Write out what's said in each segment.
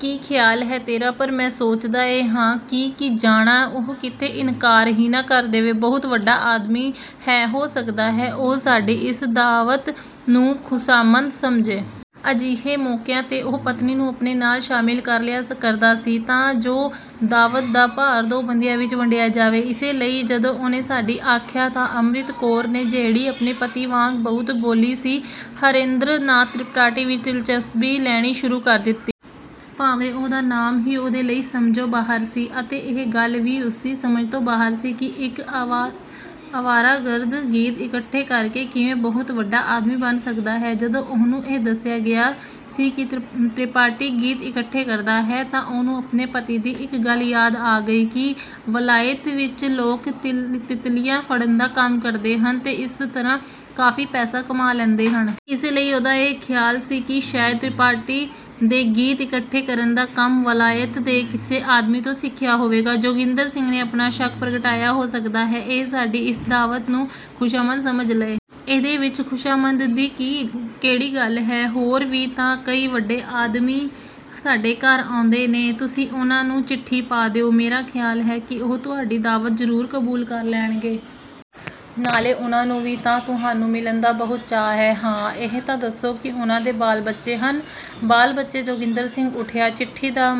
ਕੀ ਖਿਆਲ ਹੈ ਤੇਰਾ, ਪਰ ਮੈਂ ਸੋਚਦਾ ਇਹ ਹਾਂ ਕਿ ਕੀ ਜਾਣਾਂ, ਉਹ ਕਿਤੇ ਇਨਕਾਰ ਹੀ ਨਾ ਕਰ ਦੇਵੇ। ਬਹੁਤ ਵੱਡਾ ਆਦਮੀ ਹੈ। ਹੋ ਸਕਦਾ ਹੈ ਉਹ ਸਾਡੀ ਇਸ ਦਾਅਵਤ ਨੂੰ ਖੁਸ਼ਾਮਦ ਸਮਝੇ। ਅਜਿਹੇ ਮੌਕਿਆਂ ’ਤੇ ਉਹ ਪਤਨੀ ਨੂੰ ਆਪਣੇ ਨਾਲ ਸ਼ਾਮਿਲ ਕਰ ਲਿਆ ਕਰਦਾ ਸੀ ਤਾਂ ਜੋ ਦਾਅਵਤ ਦਾ ਭਾਰ ਦੋ ਬੰਦਿਆਂ ਵਿੱਚ ਵੰਡਿਆ ਜਾਵੇ। ਇਸੇ ਲਈ ਜਦੋਂ ਉਹਨੇ ਸਾਡੀ ਆਖਿਆ ਤਾਂ ਅੰਮ੍ਰਿਤ ਕੌਰ ਨੇ, ਜਿਹੜੀ ਆਪਣੇ ਪਤੀ ਵਾਂਗ ਬਹੁਤ ਭੋਲੀ ਸੀ, ਹਰੇਂਦਰ ਨਾਥ ਤ੍ਰਿਪਾਠੀ ਵਿੱਚ ਦਿਲਚਸਪੀ ਲੈਣੀ ਸ਼ੁਰੂ ਕਰ ਦਿੱਤੀ। ਭਾਵੇਂ ਉਹਦਾ ਨਾਮ ਹੀ ਉਹਦੇ ਲਈ ਸਮਝੋਂ ਬਾਹਰ ਸੀ ਅਤੇ ਇਹ ਗੱਲ ਵੀ ਉਹਦੀ ਸਮਝ ਤੋਂ ਬਾਹਰ ਸੀ ਕਿ ਇੱਕ ਅਵਾਰਾਗਰਦ, ਗੀਤ ਇਕੱਠੇ ਕਰ ਕੇ, ਕਿਵੇਂ ਬਹੁਤ ਵੱਡਾ ਆਦਮੀ ਬਣ ਸਕਦਾ ਹੈ। ਜਦੋਂ ਉਹਨੂੰ ਇਹ ਦੱਸਿਆ ਗਿਆ ਸੀ ਕਿ ਤ੍ਰਿਪਾਠੀ ਗੀਤ ਇਕੱਠੇ ਕਰਦਾ ਹੈ ਤਾਂ ਉਹਨੂੰ ਆਪਣੇ ਪਤੀ ਦੀ ਇੱਕ ਗੱਲ ਯਾਦ ਆ ਗਈ ਕਿ ਵਲਾਇਤ ਵਿੱਚ ਲੋਕ ਤਿਤਲੀਆਂ ਫੜਨ ਦਾ ਕੰਮ ਕਰਦੇ ਹਨ ਤੇ ਇਸ ਤਰ੍ਹਾਂ ਕਾਫੀ ਪੈਸਾ ਕਮਾ ਲੈਂਦੇ ਹਨ। ਇਸੇ ਲਈ ਉਹਦਾ ਇਹ ਖਿਆਲ ਸੀ ਕਿ ਸ਼ਾਇਦ ਤ੍ਰਿਪਾਠੀ ਨੇ ਗੀਤ ਇਕੱਠੇ ਕਰਨ ਦਾ ਕੰਮ ਵਲਾਇਤ ਦੇ ਕਿਸੇ ਆਦਮੀ ਤੋਂ ਸਿੱਖਿਆ ਹੋਵੇਗਾ। ਜੋਗਿੰਦਰ ਸਿੰਘ ਨੇ ਆਪਣਾ ਸ਼ੱਕ ਪ੍ਰਗਟਾਇਆ, ਹੋ ਸਕਦਾ ਹੈ ਉਹ ਸਾਡੀ ਇਸ ਦਾਅਵਤ ਨੂੰ ਖੁਸ਼ਾਮਦ ਸਮਝ ਲਏ। ਇਹਦੇ ਵਿੱਚ ਖੁਸ਼ਾਮਦ ਦੀ ਕਿਹੜੀ ਗੱਲ ਹੈ? ਹੋਰ ਵੀ ਤਾਂ ਕਈ ਵੱਡੇ ਆਦਮੀ ਸਾਡੇ ਘਰ ਆਉਂਦੇ ਨੇ। ਤੁਸੀਂ ਉਨ੍ਹਾਂ ਨੂੰ ਚਿੱਠੀ ਪਾ ਦਿਓ। ਮੇਰਾ ਖਿਆਲ ਹੈ ਕਿ ਉਹ ਤੁਹਾਡੀ ਦਾਅਵਤ ਜ਼ਰੂਰ ਕਬੂਲ ਕਰ ਲੈਣਗੇ। ਨਾਲੇ ਉਨ੍ਹਾਂ ਨੂੰ ਵੀ ਤਾਂ ਤੁਹਾਨੂੰ ਮਿਲਣ ਦਾ ਬਹੁਤ ਚਾਅ ਹੈ। ਹਾਂ, ਇਹ ਤਾਂ ਦੱਸੋ ਕੀ ਉਨ੍ਹਾਂ ਦੇ ਬਾਲ-ਬੱਚੇ ਹਨ? ਬਾਲ-ਬੱਚੇ! ਜੋਗਿੰਦਰ ਸਿੰਘ ਉਠਿਆ। ਚਿੱਠੀ ਦਾ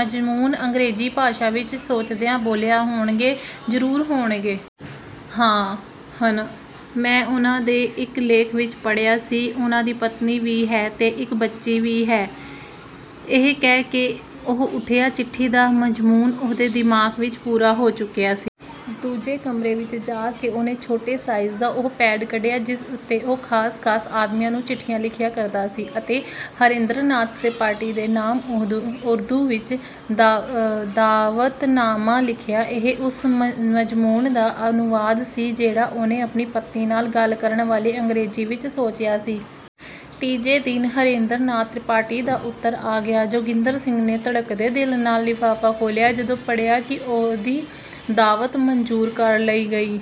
ਮਜ਼ਮੂਨ ਅੰਗ੍ਰੇਜ਼ੀ ਭਾਸ਼ਾ ਵਿੱਚ ਸੋਚਦਿਆਂ ਬੋਲਿਆ, ਹੋਣਗੇ, ਜ਼ਰੂਰ ਹੋਣਗੇ। ਹਾਂ ਹਨ। ਮੈਂ ਉਨ੍ਹਾਂ ਦੇ ਇੱਕ ਲੇਖ ਵਿੱਚ ਪੜ੍ਹਿਆ ਸੀ, ਉਨ੍ਹਾਂ ਦੀ ਪਤਨੀ ਵੀ ਹੈ ਤੇ ਇੱਕ ਬੱਚੀ ਵੀ। ਇਹ ਕਹਿ ਕੇ ਉਹ ਉਠਿਆ, ਚਿੱਠੀ ਦਾ ਮਜ਼ਮੂਨ ਉਹਦੇ ਦਿਮਾਗ ਵਿੱਚ ਪੂਰਾ ਹੋ ਚੁੱਕਿਆ ਸੀ। ਦੂਜੇ ਕਮਰੇ ਵਿੱਚ ਜਾ ਕੇ ਉਹਨੇ ਛੋਟੇ ਸਾਈਜ਼ ਦਾ ਉਹ ਪੈਡ ਕੱਢਿਆ ਜਿਸ ਉੱਤੇ ਉਹ ਖਾਸ-ਖਾਸ ਆਦਮੀਆਂ ਨੂੰ ਚਿੱਠੀਆਂ ਲਿਖਿਆ ਕਰਦਾ ਸੀ ਅਤੇ ਹਰੇਂਦਰ ਨਾਥ ਤ੍ਰਿਪਾਠੀ ਦੇ ਨਾਮ ਉਰਦੂ ਵਿੱਚ ਦਾਅਵਤਨਾਮਾ ਲਿਖਿਆ। ਇਹ ਉਸ ਮਜ਼ਮੂਨ ਦਾ ਅਨੁਵਾਦ ਸੀ ਜਿਹੜਾ ਉਹਨੇ ਆਪਣੀ ਪਤਨੀ ਨਾਲ ਗੱਲ ਕਰਨ ਵੇਲੇ ਅੰਗ੍ਰੇਜ਼ੀ ਵਿੱਚ ਸੋਚਿਆ ਸੀ। ਤੀਜੇ ਦਿਨ ਹਰੇਂਦਰ ਨਾਥ ਤ੍ਰਿਪਾਠੀ ਦਾ ਉੱਤਰ ਆ ਗਿਆ। ਜੋਗਿੰਦਰ ਸਿੰਘ ਨੇ ਧੜਕਦੇ ਦਿਲ ਨਾਲ ਲਿਫ਼ਾਫ਼ਾ ਖੋਲ੍ਹਿਆ। ਜਦੋਂ ਪੜ੍ਹਿਆ ਕਿ ਉਹਦੀ ਦਾਅਵਤ ਮਨਜ਼ੂਰ ਕਰ ਲਈ ਗਈ